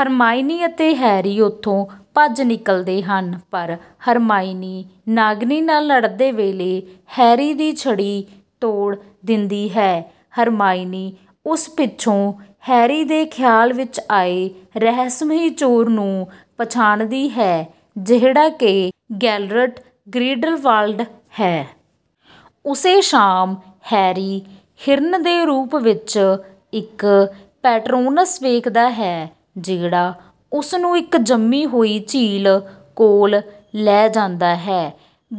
Hermione ਅਤੇ Harry ਉੱਥੋਂ ਭੱਜ ਨਿਕਲਦੇ ਹਨ, ਪਰ ਹਰਮਾਈਨੀ ਨਾਗਿਨੀ ਨਾਲ ਲੜਦੇ ਵੇਲੇ ਹੈਰੀ ਦੀ ਛੜੀ ਤੋੜ ਦਿੰਦੀ ਹੈ। ਹਰਮਾਈਨੀ ਉਸ ਪਿੱਛੋਂ ਹੈਰੀ ਦੇ ਖ਼ਿਆਲ ਵਿੱਚ ਆਏ ਰਹੱਸਮਈ ਚੋਰ ਨੂੰ ਪਛਾਣਦੀ ਹੈ, ਜਿਹੜਾ ਕਿ ਗੈਲਰਟ ਗ੍ਰਿੰਡਲਵਾਲਡ ਹੈ। ਉਸੇ ਸ਼ਾਮ ਹੈਰੀ ਹਿਰਨ ਦੇ ਰੂਪ ਵਿੱਚ ਇੱਕ ਪੈਟਰੋਨਸ ਵੇਖਦਾ ਹੈ, ਜਿਹੜਾ ਉਸ ਨੂੰ ਇੱਕ ਜੰਮੀ ਹੋਈ ਝੀਲ ਕੋਲ ਲੈ ਜਾਂਦਾ ਹੈ।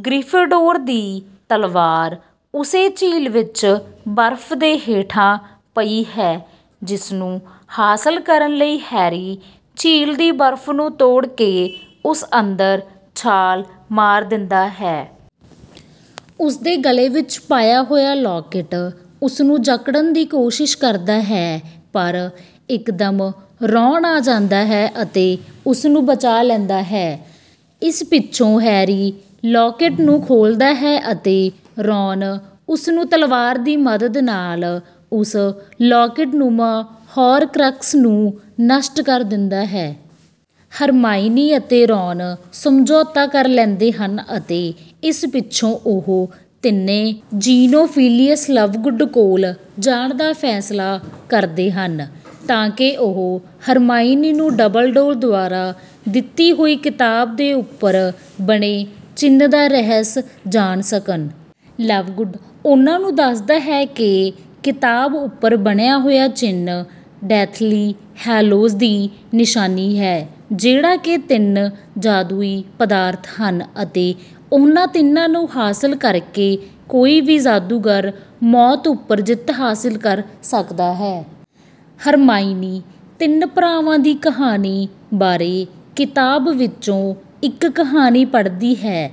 ਗ੍ਰੀਫ਼ਿੰਡੋਰ ਦੀ ਤਲਵਾਰ ਉਸੇ ਝੀਲ ਵਿੱਚ ਬਰਫ਼ ਦੇ ਹੇਠਾਂ ਪਈ ਹੈ, ਜਿਸ ਨੂੰ ਹਾਸਲ ਕਰਨ ਲਈ ਹੈਰੀ ਝੀਲ ਦੀ ਬਰਫ਼ ਨੂੰ ਤੋੜ ਕੇ ਉਸ ਅੰਦਰ ਛਾਲ ਮਾਰ ਦਿੰਦਾ ਹੈ। ਉਸ ਦੇ ਗਲੇ ਵਿੱਚ ਪਾਇਆ ਹੋਇਆ ਲੌਕੇਟ ਉਸ ਨੂੰ ਜਕੜਨ ਦੀ ਕੋਸ਼ਿਸ਼ ਕਰਦਾ ਹੈ, ਪਰ ਇੱਕਦਮ ਰੌਨ ਆ ਜਾਂਦਾ ਹੈ ਅਤੇ ਉਸ ਨੂੰ ਬਚਾ ਲੈਂਦਾ ਹੈ। ਇਸ ਪਿੱਛੋਂ ਹੈਰੀ ਲੌਕੇਟ ਨੂੰ ਖੋਲ੍ਹਦਾ ਹੈ ਅਤੇ ਰੌਨ ਉਸ ਨੂੰ ਤਲਵਾਰ ਦੀ ਮਦਦ ਨਾਲ ਉਸ ਲੌਕੇਟਨੁਮਾ ਹੌਰਕ੍ਰਕਸ ਨੂੰ ਨਸ਼ਟ ਕਰ ਦਿੰਦਾ ਹੈ। ਹਰਮਾਈਨੀ ਅਤੇ ਰੌਨ ਸਮਝੌਤਾ ਕਰ ਲੈਂਦੇ ਹਨ ਅਤੇ ਇਸ ਪਿੱਛੋਂ ਉਹ ਤਿੰਨੇ ਜ਼ੀਨੋਫ਼ਿਲਿਅਸ ਲਵਗੁਡ ਕੋਲ ਜਾਣ ਦਾ ਫ਼ੈਸਲਾ ਕਰਦੇ ਹਨ, ਤਾਂ ਕਿ ਉਹ ਹਰਮਾਈਨੀ ਨੂੰ ਡੰਬਲਡੋਰ ਦੁਆਰਾ ਦਿੱਤੀ ਹੋਈ ਕਿਤਾਬ ਦੇ ਉੱਪਰ ਬਣੇ ਚਿੰਨ੍ਹ ਦਾ ਰਹੱਸ ਜਾਣ ਸਕਣ। ਲਵਗੁਡ ਉਹਨਾਂ ਨੂੰ ਦੱਸਦਾ ਹੈ ਕਿ ਕਿਤਾਬ ਉੱਪਰ ਬਣਿਆ ਹੋਇਆ ਚਿੰਨ੍ਹ ਡੈਥਲੀ ਹੈਲੋਜ਼ ਦੀ ਨਿਸ਼ਾਨੀ ਹੈ, ਜਿਹੜੇ ਕਿ ਤਿੰਨ ਜਾਦੂਈ ਪਦਾਰਥ ਹਨ ਅਤੇ ਉਹਨਾਂ ਤਿੰਨਾਂ ਨੂੰ ਹਾਸਲ ਕਰਕੇ ਕੋਈ ਵੀ ਜਾਦੂਗਰ ਮੌਤ ਉੱਪਰ ਜਿੱਤ ਹਾਸਲ ਕਰ ਸਕਦਾ ਹੈ। ਹਰਮਾਈਨੀ ‘ਤਿੰਨ ਭਰਾਵਾਂ ਦੀ ਕਹਾਣੀ’ ਬਾਰੇ ਕਿਤਾਬ ਵਿੱਚੋਂ ਇੱਕ ਕਹਾਣੀ ਪੜ੍ਹਦੀ ਹੈ।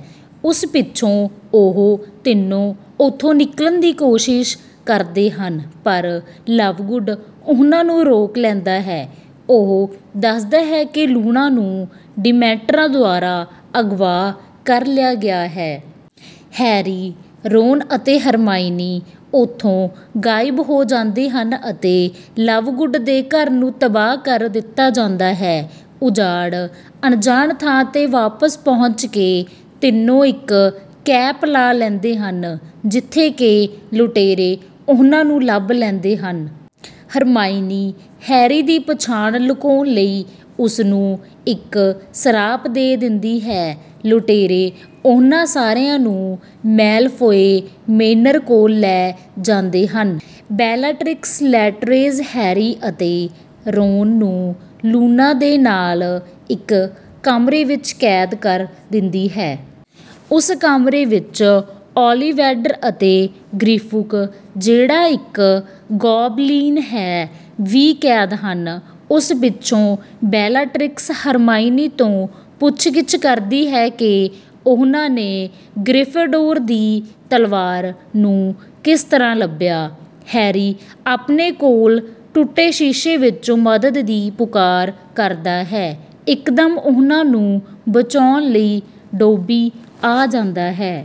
ਉਸ ਪਿੱਛੋਂ ਉਹ ਤਿੰਨੋਂ ਉੱਥੋਂ ਨਿਕਲਣ ਦੀ ਕੋਸ਼ਿਸ਼ ਕਰਦੇ ਹਨ, ਪਰ ਲਵਗੁਡ ਉਹਨਾਂ ਨੂੰ ਰੋਕ ਲੈਂਦਾ ਹੈ। ਉਹ ਦੱਸਦਾ ਹੈ ਕਿ ਲੂਨਾ ਨੂੰ ਡਿਮੈਂਟਰਾਂ ਦੁਆਰਾ ਅਗਵਾ ਕਰ ਲਿਆ ਗਿਆ ਹੈ। ਹੈਰੀ, ਰੌਨ ਅਤੇ ਹਰਮਾਈਨੀ ਉੱਥੋਂ ਗਾਇਬ ਹੋ ਜਾਂਦੇ ਹਨ ਅਤੇ ਲਵਗੁਡ ਦੇ ਘਰ ਨੂੰ ਤਬਾਹ ਕਰ ਦਿੱਤਾ ਜਾਂਦਾ ਹੈ। ਉਜਾੜ ਅਣਜਾਣ ਥਾਂ ’ਤੇ ਵਾਪਸ ਪਹੁੰਚ ਕੇ, ਤਿੰਨੋਂ ਇੱਕ ਕੈਂਪ ਲਾ ਲੈਂਦੇ ਹਨ, ਜਿੱਥੇ ਕਿ ਲੁਟੇਰੇ ਉਹਨਾਂ ਨੂੰ ਲੱਭ ਲੈਂਦੇ ਹਨ। ਹਰਮਾਈਨੀ ਹੈਰੀ ਦੀ ਪਛਾਣ ਲੁਕਾਉਣ ਲਈ ਉਸ ਨੂੰ ਇੱਕ ਸਰਾਪ ਦੇ ਦਿੰਦੀ ਹੈ। ਲੁਟੇਰੇ ਉਹਨਾਂ ਸਾਰਿਆਂ ਨੂੰ ਮੈਲਫ਼ੌਏ ਮੇਨਰ ਕੋਲ ਲੈ ਜਾਂਦੇ ਹਨ। ਬੈਲਾਟ੍ਰਿਕਸ ਲੈਸਟਰੇਂਜ ਹੈਰੀ ਅਤੇ ਰੌਨ ਨੂੰ ਲੂਨਾ ਦੇ ਨਾਲ ਇੱਕ ਕਮਰੇ ਵਿੱਚ ਕੈਦ ਕਰ ਦਿੰਦੀ ਹੈ। ਉਸ ਕਮਰੇ ਵਿੱਚ ਓਲੀਵੈਂਡਰ ਅਤੇ ਗ੍ਰਿਫੂਕ, ਜਿਹੜਾ ਇੱਕ ਗੌਬਲਿਨ ਹੈ, ਵੀ ਕੈਦ ਹਨ। ਉਸ ਪਿੱਛੋਂ ਬੈਲਾਟ੍ਰਿਕਸ ਹਰਮਾਈਨੀ ਤੋਂ ਪੁੱਛਗਿੱਛ ਕਰਦੀ ਹੈ ਕਿ ਉਹਨਾਂ ਨੇ ਗ੍ਰੀਫ਼ਿੰਡੋਰ ਦੀ ਤਲਵਾਰ ਨੂੰ ਕਿਸ ਤਰ੍ਹਾਂ ਲੱਭਿਆ। ਹੈਰੀ ਆਪਣੇ ਕੋਲ ਟੁੱਟੇ ਸ਼ੀਸ਼ੇ ਵਿੱਚੋਂ ਮਦਦ ਦੀ ਪੁਕਾਰ ਕਰਦਾ ਹੈ। ਇੱਕਦਮ ਉਹਨਾਂ ਨੂੰ ਬਚਾਉਣ ਲਈ ਡੌਬੀ ਆ ਜਾਂਦਾ ਹੈ।